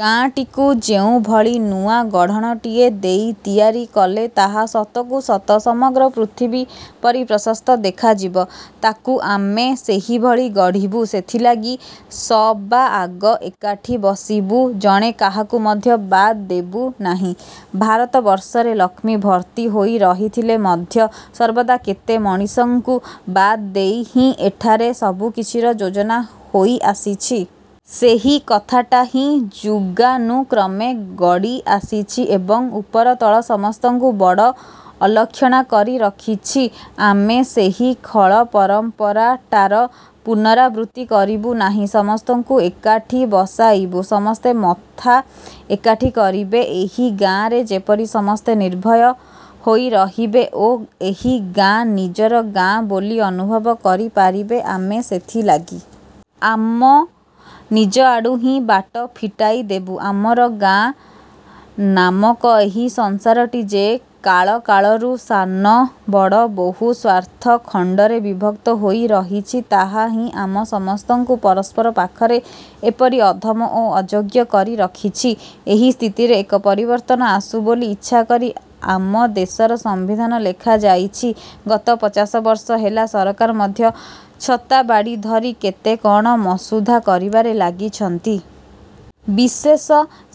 ଗାଆଁଟିକୁ ଯେଉଁଭଳି ନୂଆ ଗଢ଼ଣଟିଏ ଦେଇ ତିଆରି କଲେ ତାହା ସତକୁ ସତ ସମଗ୍ର ପୃଥିବୀ ପରି ପ୍ରଶସ୍ତ ଦେଖାଯିବ, ତାକୁ ଆମେ ସେହିଭଳି ଗଢ଼ିବୁ-। ସେଥିଲାଗି ସବାଆଗ ଏକାଠି ବସିବୁ। ଜଣେ କାହାକୁ ମଧ୍ୟ ବାଦ୍ ଦେବୁ ନାହିଁ। ଭାରତବର୍ଷରେ ଲକ୍ଷ୍ମୀ ଭର୍ତ୍ତି ହୋଇ ରହିଥିଲେ ମଧ୍ୟ ସର୍ବଦା କେତେ ମଣିଷଙ୍କୁ ବାଦ୍ ଦେଇ ହିଁ ଏଠାରେ ସବୁକିଛିର ଯୋଜନା ହୋଇ ଆସିଛି। ସେହି କଥାଟା ହିଁ ଯୁଗାନୁକ୍ରମେ ଗଡ଼ି ଆସିଛି ଏବଂ ଉପର ତଳ ସମସ୍ତଙ୍କୁ ବଡ଼ ଅଲକ୍ଷଣା କରି ରଖିଛି। ଆମେ ସେହି ଖଳ ପରମ୍ପରାଟାର ପୁନରାବୃତ୍ତି କରିବୁ ନାହିଁ। ସମସ୍ତଙ୍କୁ ଏକାଠି ବସାଇବୁ। ସମସ୍ତେ ମଥା ଏକାଠି କରିବେ,- ଏହି ଗାଆଁରେ ଯେପରି ସମସ୍ତେ ନିର୍ଭୟ ହୋଇ ରହିବେ ଓ ଏହି ଗାଆଁ ନିଜର ଗାଆଁ ବୋଲି ଅନୁଭବ କରିପାରିବେ, ଆମେ ସେଥିଲାଗି। ଆମ ନିଜଆଡ଼ୁ ହିଁ ବାଟ ଫିଟାଇଦେବୁ। ଆମର ଗାଆଁ ନାମକ ଏହି ସଂସାରଟି ଯେ କାଳକାଳରୁ ସାନ ବଡ଼ ବହୁ ସ୍ଵାର୍ଥଖଣ୍ଡରେ ବିଭକ୍ତ ହୋଇ ରହିଛି, ତାହାହିଁ ଆମ ସମସ୍ତଙ୍କୁ ପରସ୍ପର ପାଖରେ ଏପରି ଅଧମ ଏବଂ ଅଯୋଗ୍ୟ କରି ରଖିଛି। ଏହି ସ୍ଥିତିରେ ଏକ ପରିବର୍ତ୍ତନ ଆସୁ ବୋଲି ଇଚ୍ଛା କରି ଆମ ଦେଶର ସମ୍ବିଧାନ ଲେଖାଯାଇଛି, ଗତ ପଚାଶବର୍ଷ ହେଲା ସରକାର ମଧ୍ୟ ଛତାବାଡ଼ି ଧରି କେତେ କ'ଣ ମସୁଧା କରିବାରେ ଲାଗିଛନ୍ତି। ବିଶେଷ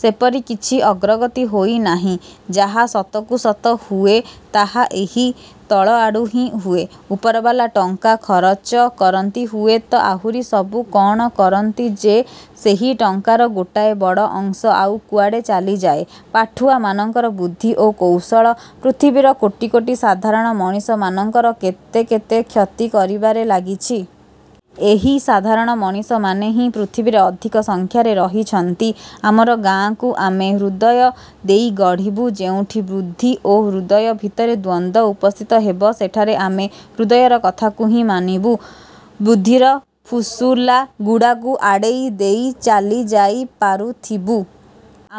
ସେପରି କିଛି ଅଗ୍ରଗତି ହୋଇନାହିଁ। ଯାହା ସତକୁ ସତ ହୁଏ, ତାହା ଏହି ତଳଆଡୁ ହିଁ ହୁଏ। ଉପରବାଲା ଟଙ୍କା ଖରଚ କରନ୍ତି; ହୁଏତ ଆହୁରି ସବୁ କ'ଣ କରନ୍ତି ଯେ, ସେହି ଟଙ୍କାର ଗୋଟାଏ ବଡ଼ ଅଂଶ ଆଉ କୁଆଡ଼େ ଚାଲିଯାଏ। ପାଠୁଆ ମାନଙ୍କର ବୁଦ୍ଧି ଓ କୌଶଳ ପୃଥିବୀର କୋଟି କୋଟି ସାଧାରଣ ମଣିଷ ମାନଙ୍କର କେତେକେତେ କ୍ଷତି କରିବାରେ ଲାଗିଛି। ଏହି ସାଧାରଣ ମଣିଷମାନେ ହିଁ ପୃଥିବୀରେ ଅଧିକ ସଂଖ୍ୟାରେ ରହିଛନ୍ତି। ଆମର ଗାଆଁକୁ ଆମେ ହୃଦୟ ଦେଇ ଗଢ଼ିବୁ। ଯେଉଁଠି ବୁଦ୍ଧି ଏବଂ ହୃଦୟ ଭିତରେ ଦ୍ୱନ୍ଦ ଉପସ୍ଥିତ ହେବ, ସେଠାରେ ଆମେ ହୃଦୟର କଥାକୁ ହିଁ ମାନିବୁ। ବୁଦ୍ଧିର ଫୁସୁଲା ଗୁଡ଼ାକୁ ଅଡ଼େଇ ଦେଇ ଚାଲିଯାଇ ପାରୁଥିବୁ।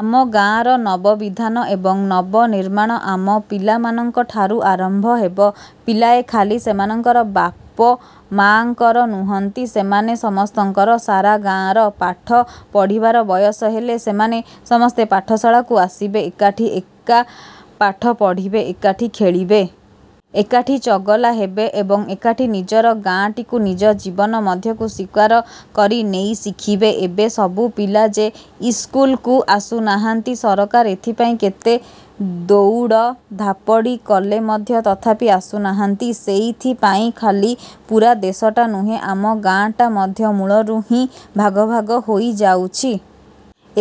ଆମ ଗାଆଁର ନବବିଧାନ ଏବଂ ନବନିର୍ମାଣ ଆମ ପିଲାମାନଙ୍କ ଠାରୁ ଆରମ୍ଭ ହେବ। ପିଲାଏ ଖାଲି ସେମାନଙ୍କର ବାପମାଆଙ୍କର ନୁହନ୍ତି, ସେମାନେ ସମସ୍ତଙ୍କର, ସାରା ଗାଆଁର। ପାଠ ପଢ଼ିବାର ବୟସ ହେଲେ ସେମାନେ ସମସ୍ତେ ପାଠଶାଳାକୁ ଆସିବେ। ଏକାଠି ଏକା ପାଠ ପଢ଼ିବେ। ଏକାଠି ଖେଳିବେ। ଏକାଠି ଚଗଲା ହେବେ ଏବଂ ଏକାଠି ନିଜର ଗାଆଁଟିକୁ ନିଜ ଜୀବନ ମଧ୍ୟକୁ ସ୍ୱୀକାର କରି ନେଇ ଶିଖିବେ। ଏବେ ସବୁ ପିଲା ଯେ ଇସ୍କୁଲକୁ ଆସୁନାହାନ୍ତି, ସରକାର ଏଥିପାଇଁ କେତେ ଦଉଡ଼ଧାପଡ଼ି କଲେ ମଧ୍ୟ ତଥାପି ଆସୁନାହାନ୍ତି, ସେଇଥିପାଇଁ ଖାଲି ପୂରା ଦେଶଟା ନୁହେଁ, ଆମ ଗାଆଁଟା ମଧ୍ୟ ମୂଳରୁ ହିଁ ଭାଗଭାଗ ହୋଇ ଯାଉଛି।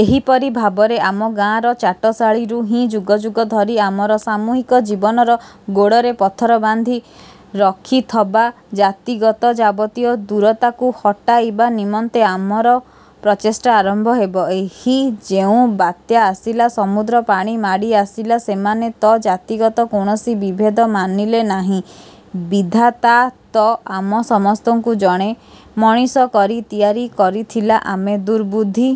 ଏହିପରି ଭାବରେ ଆମ ଗାଆଁର ଚାଟଶାଳୀରୁ ହିଁ ଯୁଗ ଯୁଗ ଧରି ଆମର ସାମୂହିକ ଜୀବନର ଗୋଡ଼ରେ ପଥର ବାନ୍ଧି ରଖିଥବା ଜାତିଗତ ଯାବତୀୟ ଦୂରତାକୁ ହଟାଇବା ନିମନ୍ତେ ଆମର ପ୍ରଚେଷ୍ଟା ଆରମ୍ଭ ହେବ। ଏହି ଯେଉଁ ବାତ୍ୟା ଆସିଲା, ସମୁଦ୍ର ପାଣି ମାଡ଼ି ଆସିଲା, ସେମାନେ ତ ଜାତିଗତ କୌଣସି ବିଭେଦ ମାନିଲେ ନାହିଁ। ବିଧାତାତ ଆମ ସମସ୍ତଙ୍କୁ ଜଣେ ମଣିଷ କରି ତିଆରି କରିଥିଲା-ଆମେ ଦୁର୍ବୁଦ୍ଧି